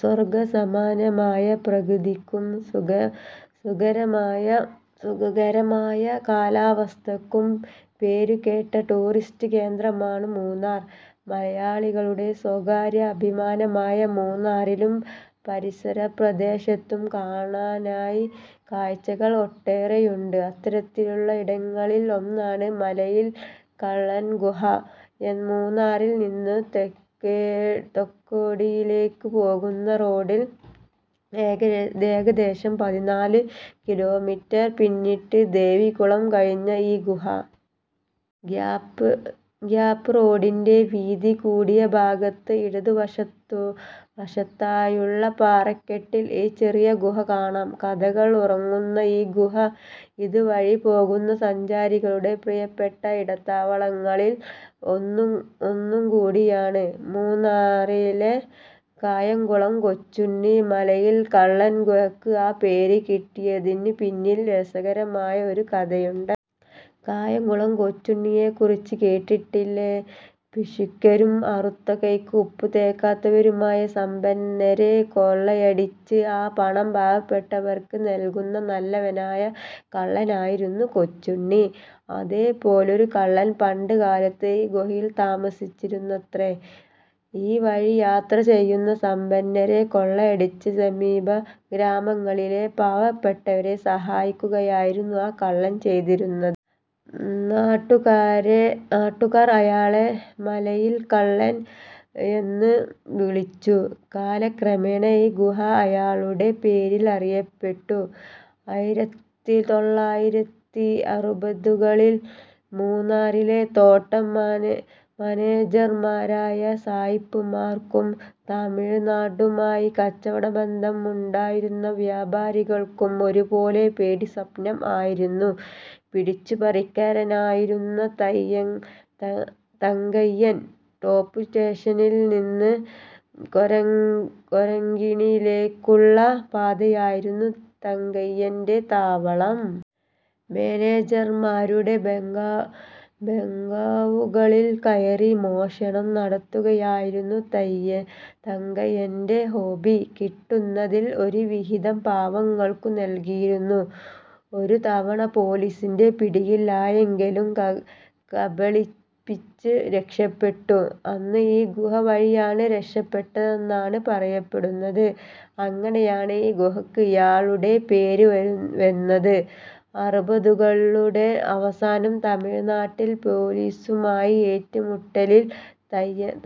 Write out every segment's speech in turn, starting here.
സ്വർഗ്ഗ സമാനമായ പ്രകൃതിക്കും സുഖകരമായ കാലാവസ്ഥയ്ക്കും പേരുകേട്ട ടൂറിസ്റ്റ് കേന്ദ്രമാണ് മൂന്നാർ. മലയാളികളുടെ സ്വകാര്യ അഭിമാനമായ മൂന്നാറിലും പരിസരപ്രദേശത്തും കാണാനായി കാഴ്ചകൾ ഒട്ടേറെയുണ്ട്. അത്തരത്തിലുള്ള ഇടങ്ങളിൽ ഒന്നാണ് മലയിൽ കള്ളൻ ഗുഹ. മൂന്നാറിൽ നിന്നും തേക്കടിയിലേക്ക് പോകുന്ന റോഡിൽ, ഏകദേശം പതിനാലു കിലോമീറ്റർ പിന്നിട്ട്, ദേവികുളം കഴിഞ്ഞാണ് ഈ ഗുഹ. ഗ്യാപ്പ് റോഡിന്റെ വീതി കൂടിയഭാഗത്ത്, ഇടത് വശത്തായുള്ള പാറക്കെട്ടിൽ ഈ ചെറിയ ഗുഹ കാണാം. കഥകൾ ഉറങ്ങുന്ന ഈ ഗുഹ ഇതുവഴി പോകുന്ന സഞ്ചാരികളുടെ പ്രിയപ്പെട്ട ഇടത്താവളങ്ങളിൽ ഒന്നുകൂടിയാണ്. മൂന്നാറിലെ കായംകുളം കൊച്ചുണ്ണി! മലയിൽ കള്ളൻ ഗുഹയ്ക്ക് ആ പേര് കിട്ടിയതിനു പിന്നിൽ രസകരമായ ഒരു കഥയുണ്ട്. കായംകുളം കൊച്ചുണ്ണിയെക്കുറിച്ച് കേട്ടിട്ടില്ലേ? പിശുക്കരും അറുത്ത കൈക്ക് ഉപ്പുതേക്കാത്തവരുമായ സമ്പന്നരെ കൊള്ളയടിച്ച്, ആ പണം പാവപ്പെട്ടവർക്ക് നൽകുന്ന നല്ലവനായ കള്ളനായിരുന്നു കൊച്ചുണ്ണി. അതേ പോലൊരു കള്ളൻ പണ്ട് കാലത്ത് ഈ ഗുഹയിൽ താമസിച്ചിരുന്നത്രേ. ഈ വഴി യാത്ര ചെയ്യുന്ന സമ്പന്നരെ കൊള്ളയടിച്ച് സമീപ ഗ്രാമങ്ങളിലെ പാവപ്പെട്ടവരെ സഹായിക്കുകയായിരുന്നു ആ കള്ളൻ ചെയ്തിരുന്നത്. നാട്ടുകാർ അയാളെ ' മലയിൽ കള്ളൻ ' എന്ന് വിളിച്ചു. കാലക്രമേണ, ഈ ഗുഹ അയാളുടെ പേരിൽ അറിയപ്പെട്ടു. ആയിരത്തിതൊള്ളായിരത്തിഅറുപതുകളിൽ മൂന്നാറിലെ തോട്ടം മാനേജർമാരായ സായ്പന്മാർക്കും തമിഴ്നാടുമായി കച്ചവട ബന്ധം ഉണ്ടായിരുന്ന വ്യാപാരികൾക്കും ഒരുപോലെ പേടിസ്വപ്നം ആയിരുന്നു പിടിച്ചുപറിക്കാരനായിരുന്ന തങ്കയ്യൻ. ടോപ് സ്റ്റേഷനിൽ നിന്ന് കൊരങ്കിണിയിലേക്കുള്ള പാതയായിരുന്നു തങ്കയ്യന്റെ താവളം. മാനേജർമാരുടെ ബംഗ്ലാവുകളിൽ കയറി മോഷണം നടത്തുകയായിരുന്നു തങ്കയ്യന്റെ ഹോബി. കിട്ടുന്നതിൽ ഒരു വിഹിതം പാവങ്ങൾക്കു നൽകിയിരുന്നു. ഒരുതവണ പൊലീസിന്റെ പിടിയിൽ ആയെങ്കിലും കബളിപ്പിച്ചു രക്ഷപ്പെട്ടു. അന്ന് ഈ ഗുഹ വഴിയാണ് രക്ഷപ്പെട്ടതെന്നാണ് പറയപ്പെടുന്നത്. അങ്ങനെയാണ് ഈ ഗുഹയ്ക്ക് ഇയാളുടെ പേര് വന്നത്. അറുപതുകളുടെ അവസാനം തമിഴ്നാട്ടിൽ പൊലീസുമായുള്ള ഏറ്റുമുട്ടലിൽ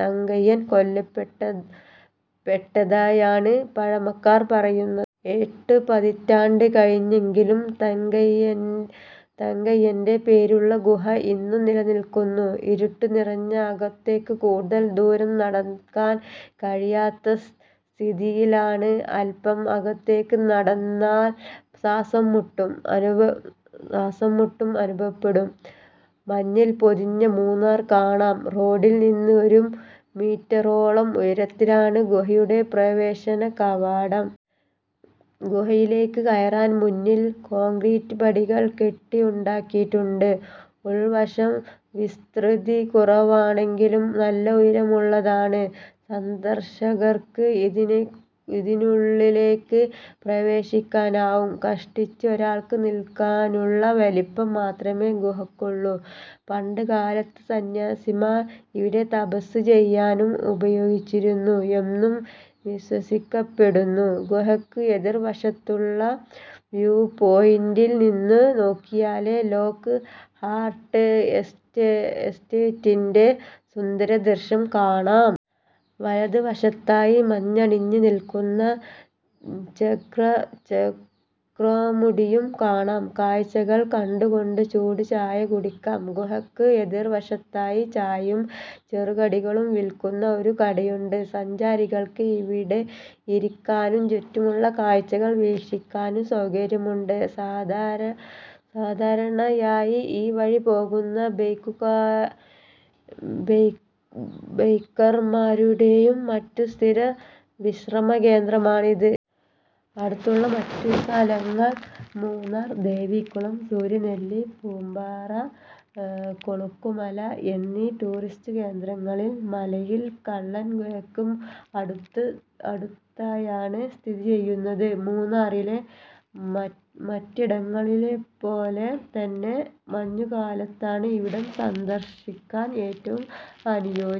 തങ്കയ്യൻ കൊല്ലപ്പെട്ടതായാണ് പഴമക്കാർ പറയുന്നത്. എട്ട് പതിറ്റാണ്ട് കഴിഞ്ഞെങ്കിലും തങ്കയ്യന്റെ പേരിലുള്ള ഗുഹ ഇന്നും നിലനിൽക്കുന്നു. ഇരുട്ട് നിറഞ്ഞ് അകത്തേക്ക് കൂടുതൽ ദൂരം നടക്കാൻ കഴിയാത്ത സ്ഥിതിയിലാണ്. അൽപം അകത്തേക്ക് നടന്നാൽ ശ്വാസംമുട്ടും അനുഭവപ്പെടും. മഞ്ഞിൽ പൊതിഞ്ഞ മൂന്നാർ കാണാം റോഡിൽ നിന്ന് ഒരു മീറ്ററോളം ഉയരത്തിലാണ് ഗുഹയുടെ പ്രവേശന കവാടം. ഗുഹയിലേക്ക് കയറാൻ മുന്നിൽ കോൺക്രീറ്റ് പടികൾ കെട്ടി ഉണ്ടാക്കിയിട്ടുണ്ട്. ഉൾവശം വിസ്തൃതി കുറവാണെങ്കിലും നല്ല ഉയരമുള്ളതാണ്. സന്ദർശകർക്ക് ഇതിനുള്ളിലേക്ക് പ്രവേശിക്കാനാവും. കഷ്ടിച്ച് ഒരാൾക്ക് നിൽക്കാനുള്ള വലിപ്പം മാത്രമേ ഗുഹയ്ക്ക് ഉള്ളു. പണ്ടുകാലത്ത് സന്യാസിമാർ ഇവിടെ തപസ്സു ചെയ്യാനും ഉപയോഗിച്ചിരുന്നു എന്നും വിശ്വസിക്കപ്പെടുന്നു. ഗുഹക്ക് എതിർ വശത്തായുള്ള വ്യൂപോയിന്റിൽ നിന്നും നോക്കിയാല് ലോക്ക് ഹാർട്ട് എസ്റ്റേറ്റിന്റെ സുന്ദരദൃശ്യം കാണാം. വലത് വശത്തായി മഞ്ഞണിഞ്ഞ് നിൽക്കുന്ന ചൊക്രമുടിയും കാണാം. കാഴ്ചകൾ കണ്ടുകൊണ്ട് ചൂടുചായ കുടിക്കാം ഗുഹയ്ക്ക് എതിർവശത്തായി ചായയും ചെറുകടികളും വിൽക്കുന്ന ഒരു കടയുണ്ട്. സഞ്ചാരികൾക്ക് ഇവിടെ ഇരിക്കാനും ചുറ്റുമുള്ള കാഴ്ചകൾ വീക്ഷിക്കാനും സൗകര്യമുണ്ട്. സാധാരണയായി ഈ വഴി പോകുന്ന ബൈക്കർമാരുടെയും മറ്റും സ്ഥിരം വിശ്രമകേന്ദ്രമാണ് ഇത്. അടുത്തുള്ള മറ്റ് സ്ഥലങ്ങൾ മൂന്നാർ, ദേവികുളം, സൂര്യനെല്ലി, പൂപ്പാറ, കൊളുക്കുമല എന്നീ ടൂറിസ്റ്റ് കേന്ദ്രങ്ങളും മലയിൽ കള്ളൻ ഗുഹയ്ക്ക് അടുത്തായാണ് സ്ഥിതിചെയ്യുന്നത്. മൂന്നാറിലെ മറ്റിടങ്ങളെപ്പോലെ തന്നെ മഞ്ഞുകാലത്താണ് ഇവിടം സന്ദർശിക്കാൻ ഏറ്റവും അനുയോജ്യം.